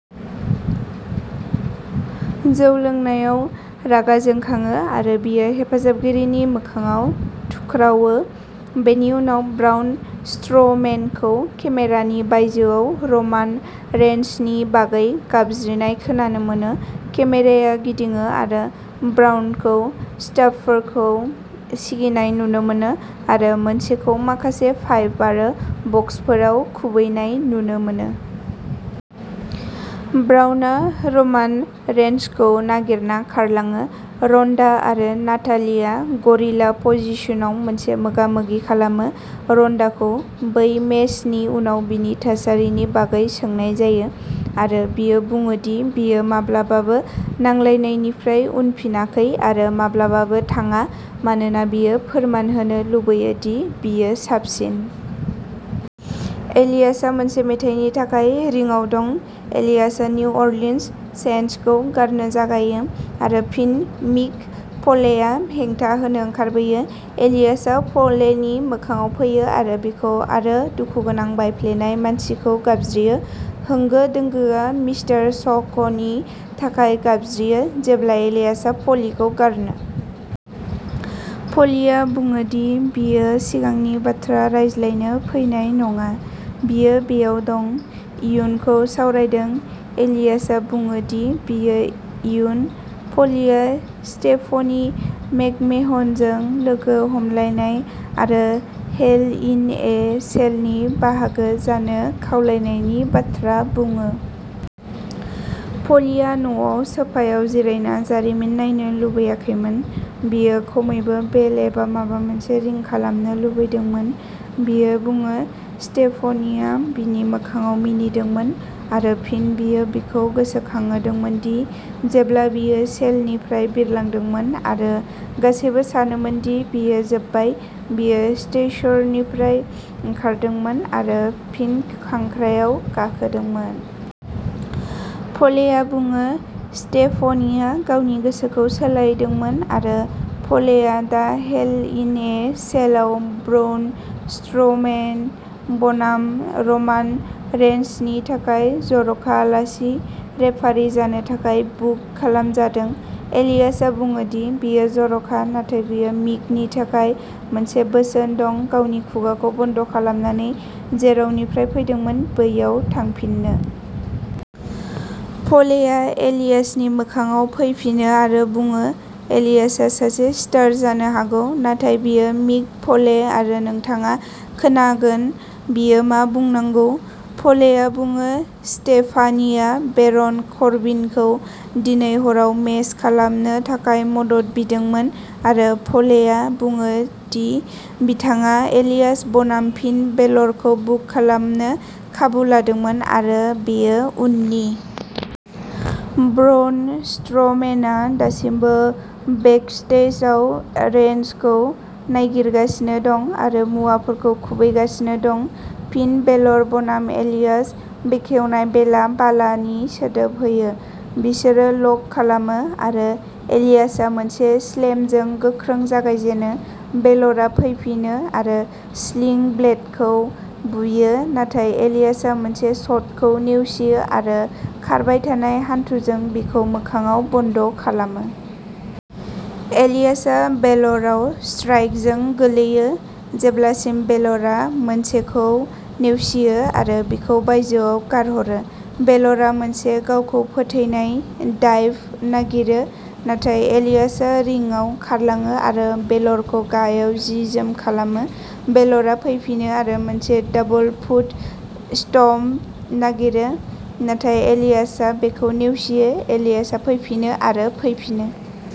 जौ लोंनायाव रागा जोंखाङो आरो बियो हेफाजाबगिरिनि मोखांआव थुख्रावो। बेनि उनाव ब्राउन स्ट्र'मेनखौ केमेरानि बायजोआव रमान रेइन्सनि बागै गाबज्रिनाय खोनानो मोनो। केमेराया गिदिङो आरो ब्राउनखौ स्टाफफोरखौ सिगिनाय नुनो मोनो, आरो मोनसेखौ माखासे पाइप आरो बक्सफोराव खुबैनाय नुनो मोनो। ब्राउनआ रमान रेइन्सखौ नागिरना खारलाङो। रन्डा आरो नातालिया गरिला पजिशनाव मोनसे मोगा-मोगि खालामो। रन्डाखौ बै मेचनि उनाव बिनि थासारिनि बागै सोंनाय जायो, आरो बियो बुङो दि बियो माब्लाबाबो नांलायनायनिफ्राय उनफिनाखै आरो माब्लाबाबो थाङा मानोना बियो फोरमान होनो लुबैयो दि बियो साबसिन। एलियासआ मोनसे मेथाइनि थाखाय रिंआव दं। एलियासआ निउ अरलिन्स सेन्ट्सखौ गारनो जागायो, आरो फिन मिक फ'लेआ हेंथा होनो ओंखारबोयो। एलियासआ फ'लेनि मोखांआव फैयो आरो बिखौ आरो दुखुगोनां बायफ्लेनाय मानसिखौ गाबज्रियो। होंगो दोंगोआ मिस्टार सक'नि थाखाय गाबज्रियो जेब्ला एलियासआ फ'लीखौ गारनो। फ'लीया बुङो दि बियो सिगांनि बाथ्रा रायज्लायनो फैनाय नङा, बियो बेयाव दं। इयुनखौ सावरायदों। एलियासआ बुङो दि बियो इयुन। फ'लिआ स्टेफनी मैकमेहनजों लोगो हमलायनाय आरो हेल इन ए सेलनि बाहागो जानो खावलायनायनि बाथ्रा बुङो। फ'लिआ न'आव सोफायाव जिरायना जारिमिन नायनो लुबैयाखैमोन, बियो खमैबो बेल एबा माबा मोनसे रिं खालामनो लुबैदोंमोन। बियो बुङो स्टेफनीआ बिनि मोखांआव मिनिदोंमोन, आरो फिन बियो बिखौ गोसोखांहोदोंमोन दि जेब्ला बियो सेलनिफ्राय बिरलांदोंमोन आरो गासैबो सानोमोन दि बियो जोबबाय, बियो स्ट्रेचरनिफ्राय ओंखारदोंमोन आरो फिन खांख्रायाव गाखोदोंमोन। फ'लेआ बुङो स्टेफनीआ गावनि गोसोखौ सोलायदोंमोन, आरो फ'लेआ दा हेल इन ए सेलआव ब्रौन स्ट्र'मेन बनाम रमान रेइन्सनि थाखाय जर'खा आलासि रेफारि जानो थाखाय बुक खालामजादों। एलियासआ बुङो दि बेयो जर'खा, नाथाय बियो मिकनि थाखाय मोनसे बोसोन दं गावनि खुगाखौ बन्द' खालामनानै जेरावनिफ्राय फैदोंमोन बैयाव थांफिननो। फ'लेआ एलियासनि मोखांआव फैफिनो, आरो बुङो एलियासआ सासे स्टार जानो हागौ, नाथाय बियो मिक फ'ले आरो नोंथाङा खोनांगोन बियो मा बुंनांगौ। फ'लेआ बुङो स्टेफानिआ बेरन कर्बिनखौ दिनै हराव मेच खालामनो थाखाय मदद बिदोंमोन, आरो फ'लेआ बुङो दि बिथाङा एलियास बनाम फिन बेलरखौ बुक खालामनो खाबु लादोंमोन, आरो बेयो उननि। ब्रौन स्ट्र'मेनआ दासिमबो बेकस्टेजआव रेइन्सखौ नागिरगासिनो दं आरो मुवाफोरखौ खुबैगासिनो दं। फिन बेलर बनाम एलियास बेखेवनाय बेलआ बालानि सोदोब होयो, बिसोरो लक खालामो, आरो एलियासआ मोनसे स्लेमजों गोख्रों जागायजेनो। बेलरआ फैफिनो आरो स्लिं ब्लेडखौ बुयो, नाथाय एलियासआ मोनसे शटखौ नेवसियो आरो खारबाय थानाय हान्थुजों बिखौ मोखांआव बन्द' खालामो। एलियासआ बेलरआव स्ट्राइकजों गोलैयो जेब्लासिम बेलरआ मोनसेखौ नेवसियो आरो बिखौ बायजोआव गारहरो। बेलरआ मोनसे गावखौ फोथैनाय डाइभ नागिरो, नाथाय एलियासआ रिंआव खारलाङो आरो बेलरखौ गाहायाव जि जोम खालामो। बेलरआ फैफिनो आरो मोनसे डाबल फुट स्टम्प नागिरो, नाथाय एलियासआ बेखौ नेवसियो। एलियासआ फैफिनो आरो फैफिनो।